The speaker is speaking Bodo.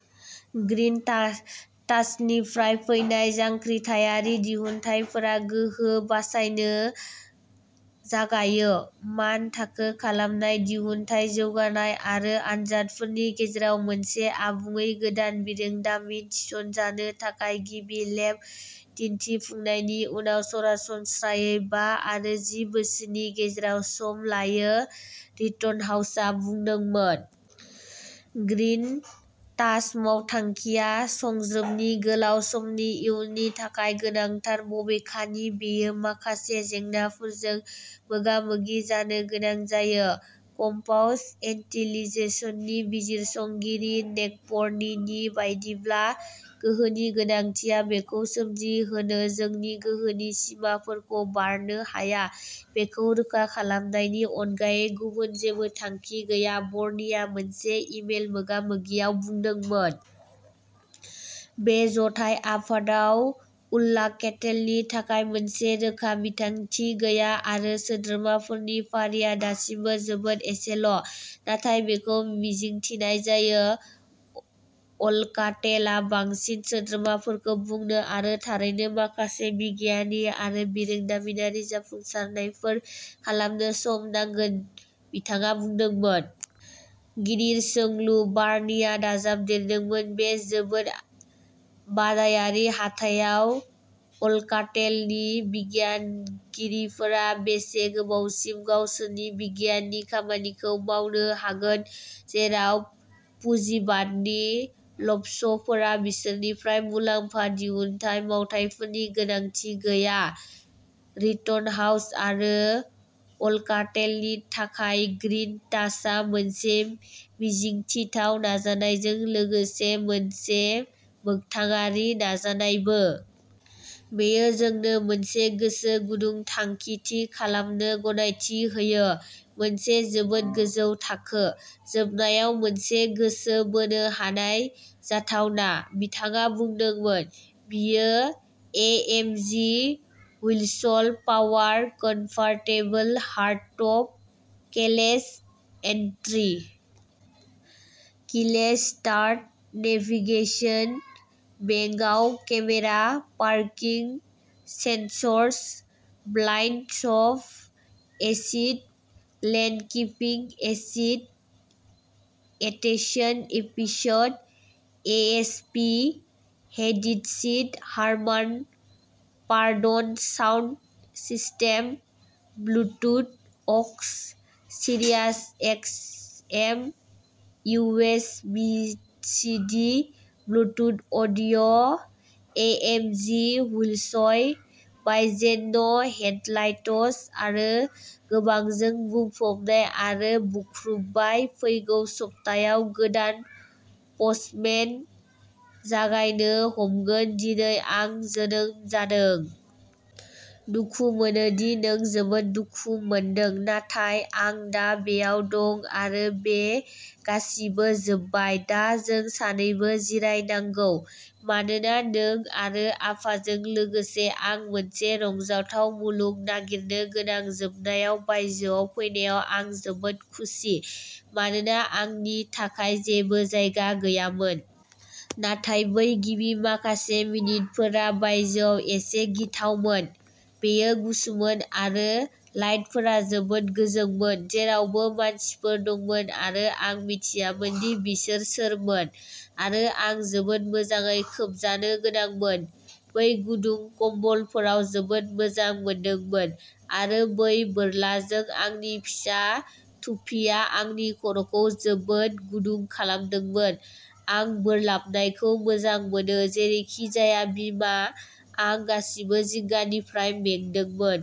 ग्रिन टाच टाचनिफ्राय फैनाय जांख्रिथायारि दिहुनथायफोरा गोहो बासायनो जागायो। मान थाखो खालामनाय दिहुनथाय जौगानाय आरो आनजादफोरनि गेजेराव, मोनसे आबुङै गोदान बिरोंदामिन थिसनजानो थाखाय गिबि लेब दिनथिफुंनायनि उनाव सरासनस्रायै बा आरो जि बोसोरनि गेजेराव सम लायो रिटनहाउसा बुंदोंमोन। ग्रिन टाच मावथांखिआ सुंज्रोबनि गोलाव समनि इयुननि थाखाय गोनांथार बबेखानि बेयो माखासे जेंनाफोरजों मोगा-मोगि जानो गोनां जायो, कम्पास इनटेलिजेन्सनि बिजिरसंगिरि नेक'बर्नि नि बायदिब्ला। गोहोनि गोनांथिया बेखौ सोमजिहोनो जोंनि गोहोनि सिमाफोरखौ बारनो हाया बेखौ रोखा खालामनायनि अनगायै गुबुन जेबो थांखि गैया बर्निआ मोनसे इ-मेल मोगा-मोगियाव बुंदोंमोन। बे जथाय आफादाव अल्काटेलनि थाखाय मोनसे रोखा बिथांखि गैया आरो सोद्रोमाफोरनि फारिया दासिमबो जोबोद एसेल'। नाथाय बेखौ मिजिंथिनाय जायो। अल्काटेलआ बांसिन सोद्रोमाफोरखौ बुंनो आरो थारैनो माखासे बिगियानारि आरो बिरोंदामिनारि जाफुंसारनायफोर खालामनो सम नांगोन, बिथाङा बुंदोंमोन। गिदिर सोंलु। बार्निआ दाजाबदेरदोंमोन बे जोबोद बादायारि हाथाइयाव अल्काटेलनि बिगियानगिरिफोरा बेसे गोबावसिम गावसोरनि बिगियाननि खामानिखौ मावनो हागोन जेराव पुजिबादनि ल'भ्सफोरा बिसोरनिफ्राय मुलाम्फा दिहुनथाइ मावथायफोरनि गोनांथि गैया। रिटनहाउस आरो अल्काटेलनि थाखाय ग्रिन टाचआ मोनसे मिजिंथिथाव नाजानायजों लोगोसे मोनसे मोखथांआरि नाजानायबो। बेयो जोंनो मोनसे गोसो गुदुं थांखि थि खालामनो गनायथि होयो, मोनसे जोबोद गोजौ थाखो, जोबनायाव मोनसे गोसो बोनो हानाय जाथावना, बिथाङा बुंदोंमोन। बेयो A M G wheels power convertible hard top, keyless entry, keyless start, navigation, backup camera, parking sensors, blind spot assist, lane keeping assist, attention assist, E S P, heated seat, Harman, Kardon sound system, Bluetooth, aux, Sirius X M, U S B, C D, Bluetooth audio', A M G wheels, bi xenon headlights आरो गोबांजों बुंफबनाय आं बुख्रुबबाय फैगौ सप्तायाव गोदान पस्टमेन जागायनो हमगोन दिनै आं जोनोम जादों। आं दुखु मोनो दि नों जोबोद दुखु मोनदों, नाथाय आं दा बेयाव दं आरो बे गासिबो जोबबाय। दा जों सानैबो जिरायनांगौ। मानोना नों आरो आफाजों लोगोसे आं मोनसे रंजाथाव मुलुग नागिरनो गोनां जोबनायाव बायजोआव फैनायाव आं जोबोद खुसि, मानोना आंनि थाखाय जेबो जायगा गैयामोन। नाथाय बै गिबि माखासे मिनिटफोरा बायजोआव एसे गिथावमोन। बेयो गुसुमोन आरो लाइटफोरा जोबोद गोजोंमोन जेरावबो मानसिफोर दंमोन आरो आं मिथियामोन दि बिसोर सोरमोन। आरो आं जोबोद मोजाङै खोबजानो गोनांमोन। बै गुदुं खमबलफोरा जोबोद मोजां मोनदोंमोन, आरो बै बोरलाजों आंनि फिसा थुफिआ आंनि खर'खौ जोबोद गुदुं खालामदोंमोन आं बोरलाबनायखौ मोजां मोनो जेरैखिजाया बिमा आं गासिबो जिंगानिफ्राय मेंदोंमोन।